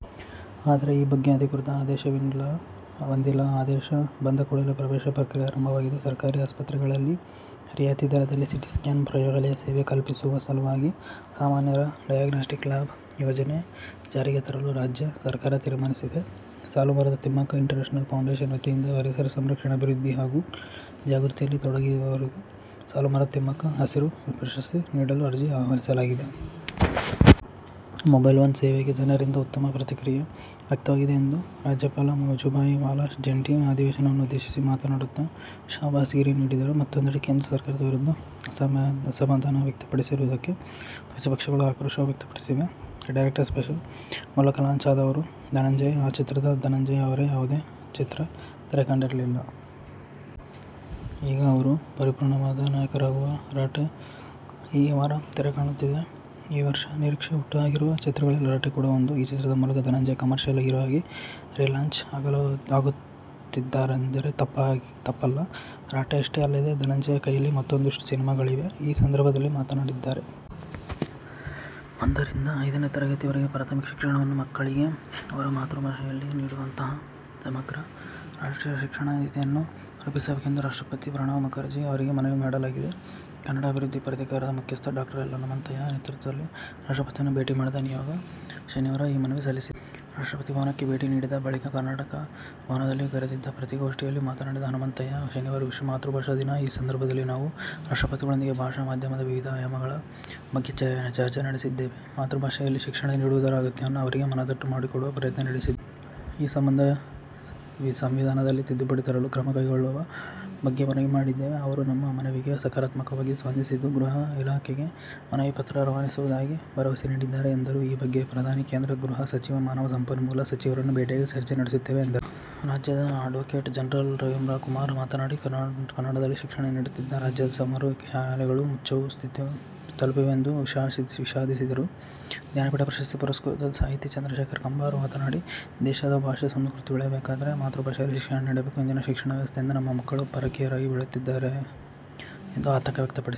ಆದರೆ ಈ ಬಗ್ಗೆ ಅಧಿಕೃತ ಆದೇಶವಿನ್ನೂ ಬಂದಿಲ್ಲ. ಆದೇಶ ಬಂದ ಕೂಡಲೇ ಪ್ರವೇಶ ಪ್ರಕ್ರಿಯೆ ಆರಂಭವಾಗಿದೆ. ಸರ್ಕಾರಿ ಆಸ್ಪತ್ರೆಗಳಲ್ಲಿ ರಿಯಾಯಿತಿ ದರದಲ್ಲಿ ಸಿ. ಟಿ. ಸ್ಕ್ಯಾನ್, ಪ್ರಯೋಗಾಲಯ ಸೇವೆ ಕಲ್ಪಿಸುವ ಸಲುವಾಗಿ ಜನಸಾಮಾನ್ಯರ ಡಯೋಗ್ನಾಸ್ಟಿಕ್ ಲ್ಯಾಬ್ ಯೋಜನೆ ಜಾರಿಗೆ ತರಲು ರಾಜ್ಯ ಸರ್ಕಾರ ತೀರ್ಮಾನಿಸಿದೆ. ಸಾಲುಮರದ ತಿಮ್ಮಕ್ಕ ಇಂಟರ್ನ್ಯಾಷನಲ್ ಫೌಂಡೇಷನ್ ವತಿಯಿಂದ ಪರಿಸರ ಸಂರಕ್ಷಣೆ, ಅಭಿವೃದ್ಧಿ ಹಾಗೂ ಜಾಗೃತಿಯಲ್ಲಿ ತೊಡಗಿರುವವರಿಗೆ "ಸಾಲುಮರದ ತಿಮ್ಮಕ್ಕ ಹಸಿರು ಪ್ರಶಸ್ತಿ' ನೀಡಲು ಅರ್ಜಿ ಆಹ್ವಾನಿಸಲಾಗಿದೆ. ಮೊಬೈಲ್ ಒನ್ ಸೇವೆಗೆ ಜನರಿಂದ ಉತ್ತಮ ಪ್ರತಿಕ್ರಿಯೆ ವ್ಯಕ್ತವಾಗಿದೆ ಎಂದು ರಾಜ್ಯಪಾಲ ವಜುಭಾಯಿ ವಾಲಾ ಜಂಟಿ ಅಧಿವೇಶನವನ್ನು ಉದ್ದೇಶಿಸಿ ಮಾತನಾಡುತ್ತ ಶಹಬ್ಬಾಸ್ ಗಿರಿ ನೀಡಿದರು. ಮತ್ತೊಂದೆಡೆ ಕೇಂದ್ರ ಸರ್ಕಾರದ ವಿರುದ್ಧ ಅಸಮಾಧಾನವ್ಯಕ್ತಪಡಿಸಿರುವುದಕ್ಕೆ ಪ್ರತಿಪಕ್ಷಗಳು ಆಕ್ರೋಶ ವ್ಯಕ್ತಪಡಿಸಿವೆ. "ಡೈರೆಕ್ಟರ್ ಸ್ಪೆಷಲ್' ಮೂಲಕ ಲಾಂಚ್ ಆದವರು ಧನಂಜಯ್. ಆ ಚಿತ್ರದ ನಂತರ ಧನಂಜಯ್ ಅವರ ಯಾವುದೇ ಚಿತ್ರ ತೆರೆಕಂಡಿರಲಿಲ್ಲ. ಈಗ ಅವರು ಪೂರ್ಣಪ್ರಮಾಣದ ನಾಯಕರಾಗಿರುವ "ರಾಟೆ' ಈ ವಾರ ತೆರೆಕಾಣುತ್ತಿದೆ. ಈ ವರ್ಷ ನಿರೀಕ್ಷೆ ಹುಟ್ಟುಹಾಕಿರುವ ಚಿತ್ರಗಳಲ್ಲಿ "ರಾಟೆ' ಕೂಡಾ ಒಂದು. ಈ ಚಿತ್ರದ ಮೂಲಕ ಧನಂಜಯ್ ಕಮರ್ಷಿಯಲ್ ಹೀರೋ ಆಗಿ ರೀಲಾಂಚ್ ಆಗುತ್ತಿದ್ದಾರೆಂದರೆ ತಪ್ಪಲ್ಲ. "ರಾಟೆ'ಯಷ್ಟೇ ಅಲ್ಲದೇ, ಧನಂಜಯ್ ಕೈಯಲ್ಲಿ ಮತ್ತೂಂದಿಷ್ಟು ಸಿನಿಮಾಗಳಿವೆ. ಈ ಸಂದರ್ಭದಲ್ಲಿ ಮಾತನಾಡಿದ್ದಾರೆ. ಒಂದರಿಂದ ಐದನೇ ತರಗತಿವರೆಗಿನ ಪ್ರಾಥಮಿಕ ಶಿಕ್ಷಣವನ್ನು ಮಕ್ಕಳಿಗೆ ಅವರ ಮಾತೃಭಾಷೆಯಲ್ಲೇ ನೀಡುವಂತಹ ಸಮಗ್ರ ರಾಷ್ಟ್ರೀಯ ಶಿಕ್ಷಣ ನೀತಿಯನ್ನು ರೂಪಿಸಬೇಕು ಎಂದು ರಾಷ್ಟ್ರಪತಿ ಪ್ರಣವ್ ಮುಖರ್ಜಿ ಅವರಿಗೆ ಮನವಿ ಮಾಡಲಾಗಿದೆ. ಕನ್ನಡ ಅಭಿವೃದ್ಧಿ ಪ್ರಾಧಿಕಾರದ ಮುಖ್ಯಸ್ಥ ಡಾ. ಎಲ್. ಹನುಮಂತಯ್ಯ ನೇತೃತ್ವದಲ್ಲಿ ರಾಷ್ಟ್ರಪತಿಯನ್ನು ಭೇಟಿ ಮಾಡಿದ ನಿಯೋಗ, ಶನಿವಾರ ಈ ಮನವಿ ಸಲ್ಲಿಸಿದೆ. ರಾಷ್ಟ್ರಪತಿ ಭವನಕ್ಕೆ ಭೇಟಿ ನೀಡಿದ ಬಳಿಕ ಕರ್ನಾಟಕ ಭವನದಲ್ಲಿ ಕರೆದಿದ್ದ ಪತ್ರಿಕಾಗೋಷ್ಠಿಯಲ್ಲಿ ಮಾತನಾಡಿದ ಹನುಮಂತಯ್ಯ, ಶನಿವಾರ ವಿಶ್ವ ಮಾತೃಭಾಷಾ ದಿನ. ಈ ಸಂದರ್ಭದಲ್ಲಿ ನಾವು ರಾಷ್ಟ್ರಪತಿಗಳೊಂದಿಗೆ ಭಾಷಾ ಮಾಧ್ಯಮದ ವಿವಿಧ ಆಯಾಮಗಳ ಬಗ್ಗೆ ಚರ್ಚೆ ನಡೆಸಿದ್ದೇವೆ. ಮಾತೃಭಾಷೆಯಲ್ಲೇ ಶಿಕ್ಷಣ ನೀಡುವುದರ ಅಗತ್ಯವನ್ನು ಅವರಿಗೆ ಮನದಟ್ಟು ಮಾಡಿಕೊಡುವ ಪ್ರಯತ್ನ ನಡೆಸಿದ್ದೇವೆ. ಈ ಸಂಬಂಧ ಸಂವಿಧಾನದಲ್ಲಿ ತಿದ್ದುಪಡಿ ತರಲು ಕ್ರಮ ಕೈಗೊಳ್ಳುವ ಬಗ್ಗೆ ಮನವಿ ಮಾಡಿದ್ದೇವೆ. ಅವರು ನಮ್ಮ ಮನವಿಗೆ ಸಕಾರಾತ್ಮಕವಾಗಿ ಸ್ಪಂದಿಸಿದ್ದು ಗೃಹ ಇಲಾಖೆಗೆ ಮನವಿ ಪತ್ರ ರವಾನಿಸುವುದಾಗಿ ಭರವಸೆ ನೀಡಿದ್ದಾರೆ ಎಂದರು. ಈ ಬಗ್ಗೆ ಪ್ರಧಾನಿ, ಕೇಂದ್ರ ಗೃಹ ಸಚಿವ, ಮಾನವ ಸಂಪನ್ಮೂಲ ಸಚಿವರನ್ನೂ ಭೇಟಿಯಾಗಿ, ಚರ್ಚೆ ನಡೆಸುತ್ತೇವೆ ಎಂದರು. ರಾಜ್ಯದ ಅಡ್ವೋಕೇಟ್ ಜನರಲ್ ರವಿವರ್ಮ ಕುಮಾರ್ ಮಾತನಾಡಿ, ಕನ್ನಡದಲ್ಲಿ ಶಿಕ್ಷಣ ನೀಡುತ್ತಿದ್ದ ರಾಜ್ಯದ ಸುಮಾರು ಶಾಲೆಗಳು ಮುಚ್ಚುವ ಸ್ಥಿತಿ ತಲುಪಿವೆ ಎಂದು ವಿಷಾದಿಸಿದರು. ಜ್ಞಾನಪೀಠ ಪ್ರಶಸ್ತಿ ಪುರಸ್ಕೃತ ಸಾಹಿತಿ ಚಂದ್ರಶೇಖರ ಕಂಬಾರ ಮಾತನಾಡಿ, ದೇಶದ ಭಾಷೆ, ಸಂಸ್ಕೃತಿ ಉಳಿಯಬೇಕಾದರೆ ಮಾತೃಭಾಷೆಯಲ್ಲೇ ಶಿಕ್ಷಣ ನೀಡಬೇಕು. ಇಂದಿನ ಶಿಕ್ಷಣ ವ್ಯವಸ್ಥೆಯಿಂದ ನಮ್ಮ ಮಕ್ಕಳು ಪರಕೀಯರಾಗಿ ಬೆಳೆಯುತ್ತಿದ್ದಾರೆ ಎಂದು ಆತಂಕ ವ್ಯಕ್ತಪಡಿಸಿದರು.